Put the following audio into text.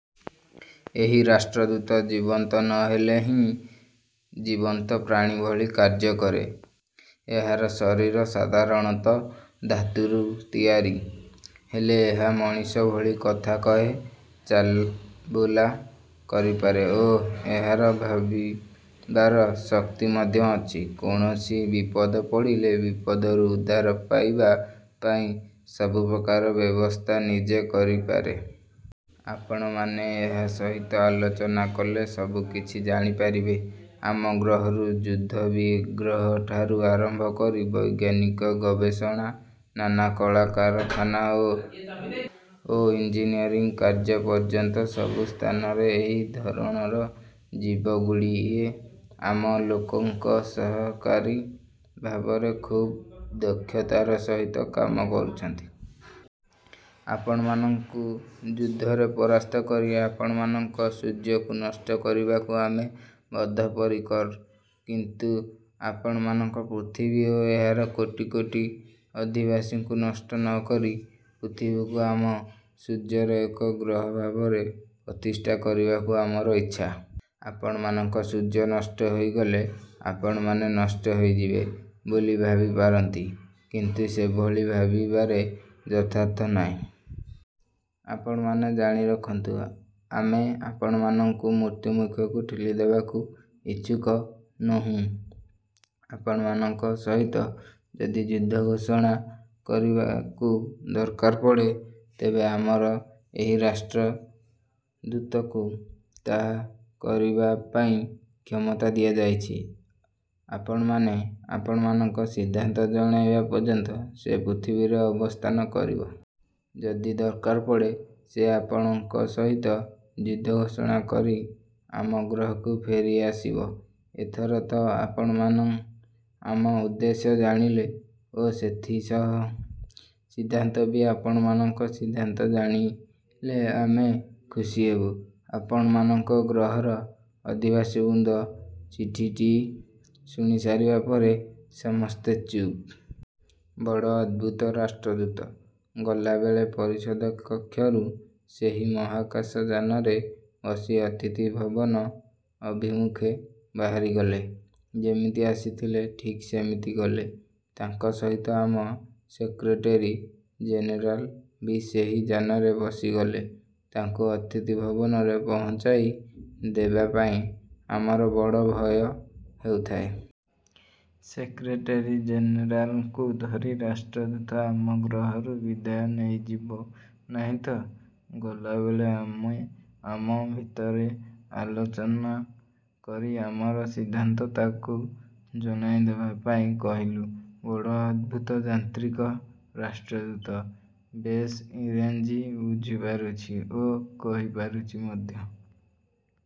ଏହି ରାଷ୍ଟ୍ରଦୂତ ଜୀବନ୍ତ ନ ହେଲେ ହିଁ ଜୀବନ୍ତ ପ୍ରାଣୀ ଭଳି କାର୍ଯ୍ୟ କରେ। ଏହାର ଶରୀର ସାଧାରଣ ଧାତୁରୁ ତିଆରି। ହେଲେ ଏହା ମଣିଷ ଭଳି କଥା କହେ ଚାଲବୁଲା କରିପାରେ ଓ ଏହାର ଭାବିବାର ଶକ୍ତି ମଧ୍ୟ ଅଛି। କୌଣସି ବିପଦ ପଡ଼ିଲେ, ବିପଦରୁ ଉଦ୍ଧାର ପାଇବା ପାଇଁ ସବୁପ୍ରକାର ବ୍ୟବସ୍ଥା ନିଜେ କରିପାରେ। ଆପଣମାନେ ଏହା ସହିତ ଆଲୋଚନା କଲେ ସବୁ କିଛି ଜାଣିପାରିବେ। ଆମ ଗ୍ରହରୁ ଯୁଦ୍ଧବିଗ୍ରହଠାରୁ ଆରମ୍ଭ କରି ବୈଜ୍ଞାନିକ ଗବେଷଣା, ନାନା କଳକାରଖାନା ଓ ଇଂଜିନିୟରିଂ କାର୍ଯ୍ୟ ପର୍ଯ୍ୟନ୍ତ ସବୁ ସ୍ଥାନରେ ଏହି ଧରଣର ଜୀବଗୁଡ଼ିଏ ଆମ ଲୋକଙ୍କ ସହକାରୀ ଭାବରେ ଖୁବ୍ ଦକ୍ଷତାର ସହିତ କାମ କରୁଛନ୍ତି। ଆପଣମାନଙ୍କୁ ଯୁଦ୍ଧରେ ପରାସ୍ତକରି ଆପଣମାନଙ୍କ ସୂର୍ଯ୍ୟକୁ ନଷ୍ଟ କରିବାକୁ ଆମେ ବଦ୍ଧପରିକର। କିନ୍ତୁ ଆପଣମାନଙ୍କ ପୃଥିବୀ ଓ ଏହାର କୋଟି କୋଟି ଅଧିବାସୀଙ୍କୁ ନଷ୍ଟ ନ କରି ପୃଥିବୀକୁ ଆମ ସୂର୍ଯ୍ୟର ଏକ ଗ୍ରହ ଭାବରେ ପ୍ରତିଷ୍ଠା କରିବାକୁ ଆମର ଇଚ୍ଛା। ଆପଣମାନଙ୍କ ସୂର୍ଯ୍ୟ ନଷ୍ଟ ହୋଇଗଲେ, ଆପଣମାନେ ନଷ୍ଟ ହୋଇଯିବେ ବୋଲି ଭାବିପାରନ୍ତି; କିନ୍ତୁ ସେଭଳି ଭାବିବାରେ ଯଥାର୍ଥ ନାହିଁ। ଆପଣମାନେ ଜାଣି ରଖନ୍ତୁ ଆମେ ଆପଣମାନଙ୍କୁ ମୃତ୍ୟୁମୂଖକୁ ଠେଲିଦେବାକୁ ଇଛୁକ ନୋହୁଁ। ଆପଣମାନଙ୍କ ସହିତ ଯଦି ଯୁଦ୍ଧ ଘୋଷଣା କରିବାକୁ ଦରକାର ପଡ଼େ, ତେବେ ଆମର ଏହି ରାଷ୍ଟ୍ରଦୂତକୁ ତାହା କରିବା ପାଇଁ କ୍ଷମତା ଦିଆଯାଇଛି। ଆପଣମାନେ ଆପଣମାନଙ୍କ ସିଦ୍ଧାନ୍ତ ଜଣାଇବା ପର୍ଯ୍ୟନ୍ତ ସେ ପୃଥିବୀରେ ଅବସ୍ଥାନ କରିବ। ଯଦି ଦରକାର ପଡ଼େ, ସେ ଆପଣମାନଙ୍କ ସହିତ ଯୁଦ୍ଧ ଘୋଷଣା କରି ଆମ ଗ୍ରହକୁ ଫେରିଆସିବ। ଏଥର ତ ଆପଣମାନେ ଆମ ଉଦ୍ଦେଶ୍ୟ ଜାଣିଲେ, ଓ ସେଥିସହ ସିଦ୍ଧାନ୍ତ ବି ଆପଣମାନଙ୍କ ସିଦ୍ଧାନ୍ତ ଜାଣିଲେ ଆମେ ଖୁସିହେବୁ। ଆପଣମାନଙ୍କ ଗ୍ରହର ଅଧିବାସୀବୃନ୍ଦ ଚିଠିଟି ଶୁଣି ସାରିବା ପରେ ସମସ୍ତେ ଚୁପ୍। ବଡ଼ ଅଦ୍ଭୁତ, ରାଷ୍ଟ୍ରଦୂତ ଗଲାବେଳେ ପରିଷଦ କକ୍ଷରୁ ସେହି ମହାକାଶଯାନରେ ବସି ଅତିଥିଭବନ ଅଭିମୁଁଖେ ବାହାରିଗଲେ। ଯେମିତି ଆସିଥିଲେ ଠିକ୍ ସେମିତି ଗଲେ। ତାଙ୍କ ସହିତ ଆମ ସେକ୍ରେଟେରୀ ଜେନେରାଲ ବି ସେହି ଯାନରେ ବସି ଗଲେ, ତାଙ୍କୁ ଅତିଥି ଭବନରେ ପହଞ୍ଚାଇ ଦେବାପାଇଁ। ଆମର ବଡ଼ ଭୟ ହେଉଥାଏ। ସେକ୍ରେଟେରୀ ଜେନେରାଲଙ୍କୁ ଧରି ରାଷ୍ଟ୍ରଦୂତ ଆମ ଗ୍ରହରୁ ବିଦାୟ ନେଇଯିବ ନାହିଁତ-? ଗଲାବେଳେ ଆମେ ଆମ ଭିତରେ ଆଲୋଚନ କରି ଆମର ସିଦ୍ଧାନ୍ତ ତାଙ୍କୁ ଜଣାଇଦେବା ପାଇଁ କହିଲୁ। ବଡ଼ ଅଦ୍ଭୁତ, ଯାନ୍ତ୍ରିକ ରାଷ୍ଟ୍ରଦୂତ ବେଶ୍ ଇଂରେଜୀ ବୁଝିପାରୁଛି ଓ କହି ପାରୁଛି ମଧ୍ୟ